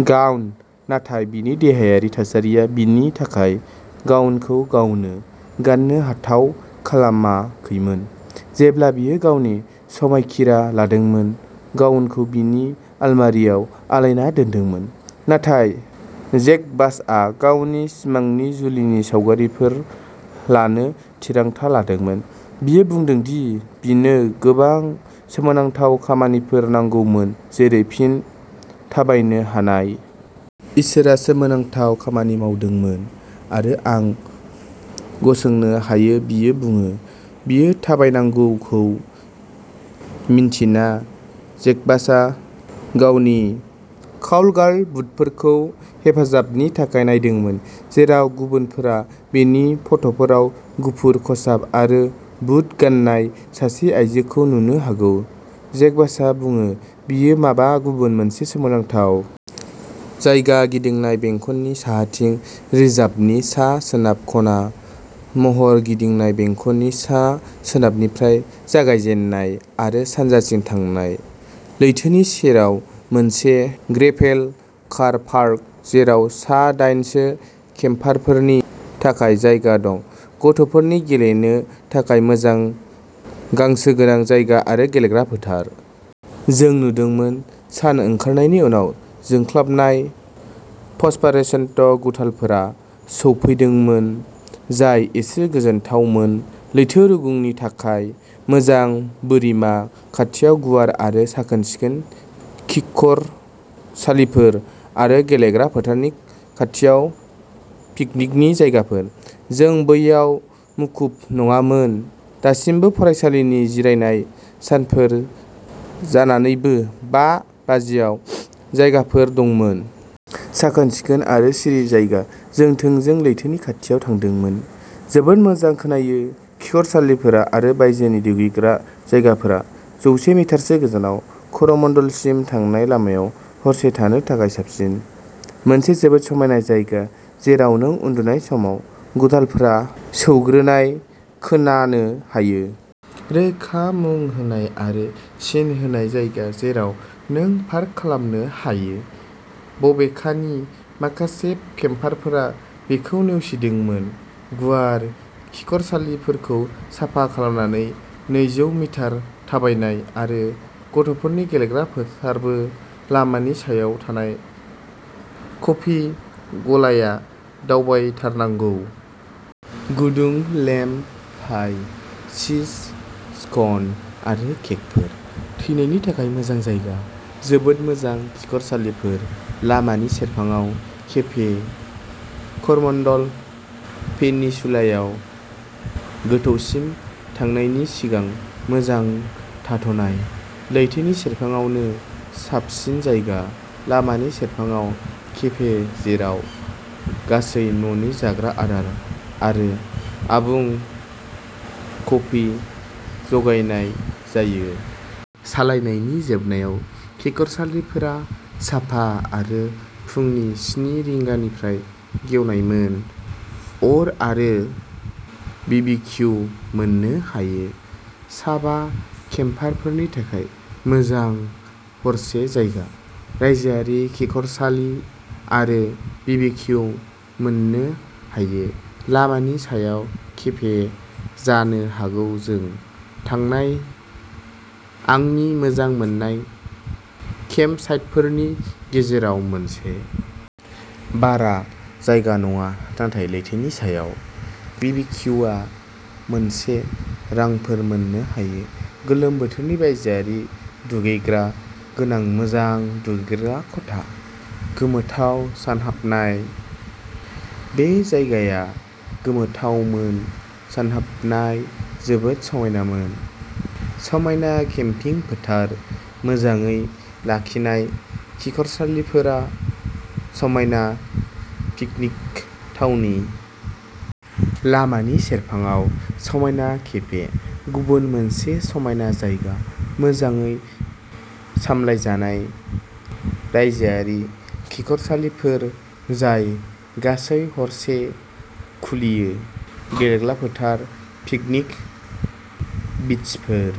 Gown, नाथाय बिनि देहायारि थासारिया बिनि थाखाय गाउनखौ गावनो गाननो हाथाव खालामाखैमोन। जेब्ला बियो गावनि समायखिरा लादोंमोन, गाउनखौ बिनि आलमारिआव आलायना दोनदोंमोन। नाथाय जेकबासआ गावनि सिमांनि जुलिनि सावगारिफोर लानो थिरांथा लादोंमोन। बियो बुङो दि बिनो गोबां सोमोनांथाव खामानिफोर नांगौमोन जेरै फिन थाबायनो हानाय। इसोरआ सोमोनांथाव खामानि मावदोंमोन आरो आं गसंनो हायो बियो बुङो। बियो थाबायनांगौखौ मिन्थिना, जेकबासआ गावनि काउगार्ल बुटफोरखौ हेफाजाबनि थाखाय नायदोंमोन। जेराव गुबुनफोरा बिनि फट'फोराव गुफुर खसाब आरो बुट गाननाय सासे आयजोखौ नुनो हागौ, जेकबासआ बुङो बियो माबा गुबुन मोनसे सोमोनांथाव। जायगा-गिदिंनाय बेंखननि साहाथिं रिजार्भनि सा-सोनाब खना। महर-गिदिंनाय बेंखननि सा-सोनाबनिफ्राय जागायजेननाय आरो सानजाथिं थांनाय। लैथोनि सेराव मोनसे ग्रेभेल कार पार्क, जेराव सा-दाइनसो केम्पारफोरनि थाखाय जायगा दं। गथ'फोरनि गेलेनो थाखाय मोजां गांसो गोनां जायगा आरो गेलेग्रा फोथार। जों नुदोंमोन। सान ओंखारनायनि उनाव जोंख्लाबनाय फस्फरसेन्ट गुथालफोरा सौफैदोंमोन, जाय एसे गोजोनथावमोन लैथो रुगुंनि थाखाय मोजां बोरिमा, खाथियाव गुवार आरो साखोन-सिखोन खिखरसालिफोर, आरो गेलेग्रा फोथारनि खाथियाव पिकनिकनि जायगाफोर। जों बैयाव मुखुब नङामोन, दासिमबो फरायसालिनि जिरायनाय सानफोर जानानैबो बा बाजियाव जायगाफोर दंमोन। साखोन-सिखोन आरो सिरि जायगा, जों थोंजों लैथोनि खाथियाव थादोंमोन, जोबोद मोजां खोनायो! खिखरसालिफोर आरो बायजोनि दुगैग्रा जायगाफोरा जौसे मिटारसो गोजानाव, कर'मण्डेलसिम थांनाय लामायाव हरसे थानो थाखाय साबसिन। मोनसे जोबोद समायना जायगा जेराव नों उन्दुनाय समाव गुथालफोरा सौग्रोनाय खोनानो हायो। रोखा मुं होनाय आरो सिन होनाय जायगा जेराव नों पार्क खालामनो हायो, बबेखानि माखासे केम्पारफोरा बेखौ नेवसिदोंमोन। गुवार खिखरसालिफोरखौ साफा खालामनो नैजौ मिटार थाबायनाय आरो गथ'फोरनि गेलेग्रा फोथारबो। लामानि सायाव थानाय कफि गलाया दावबायथारनांगौ। गुदुं लेम्ब पाइ, चीज स्कन आरो केकफोर। थैनायनि थाखाय मोजां जायगा। जोबोद मोजां खिखरसालिफोर, लामानि सेरफाङाव केफे। करमन्डल पेनिनसुलायाव गोथौसिम थांनायनि सिगां मोजां थाथ'नाय। लैथोनि सेरफाङावनो साबसिन जायगा। लामानि सेरफाङाव केफे जेराव गासै न'नि जाग्रा आदार आरो आबुं कफि जगायनाय जायो। सालायनायनि जोबनायाव खिखरसालिफोरा साफा आरो फुंनि स्नि रिंगानिफ्राय गेवनायमोन। अर आरो बिबिकियु मोननो हायो। सा बा केम्पारफोरनि थाखाय मोजां हरसे जायगा। रायजोआरि खिखरसालि आरो बिबिक्यु मोननो हायो। लामानि सायाव केफे। जानो हागौ जों थांनाय आंनि मोजां मोननाय केम्पसाइटफोरनि गेजेराव मोनसे। बारा जायगा नङा नाथाय लैथोनि सायाव! बिबिकियुआव माखासे रांफोर मोननो हायो। गोलोम बोथोरनि बायजोआरि दुगैग्रा गोनां मोजां दुगैग्रा खथा। गोमोथाव सानहाबनाय। बे जायगाया गोमोथावमोन, सानहाबनाया जोबोद समायनामोन। समायना केम्पिं फोथार, मोजाङै लाखिनाय खिखरसालिफोर समायना पिकनिक थावनि। लामानि सेरफाङाव समायना केफे। गुबुन मोनसे समायना जायगा। मोजाङै सामलायजानाय रायजोआरि खिखरसालिफोर जाय गासै हरसे खुलियो, गेलेग्रा फोथार, पिकनिक बिचफोर।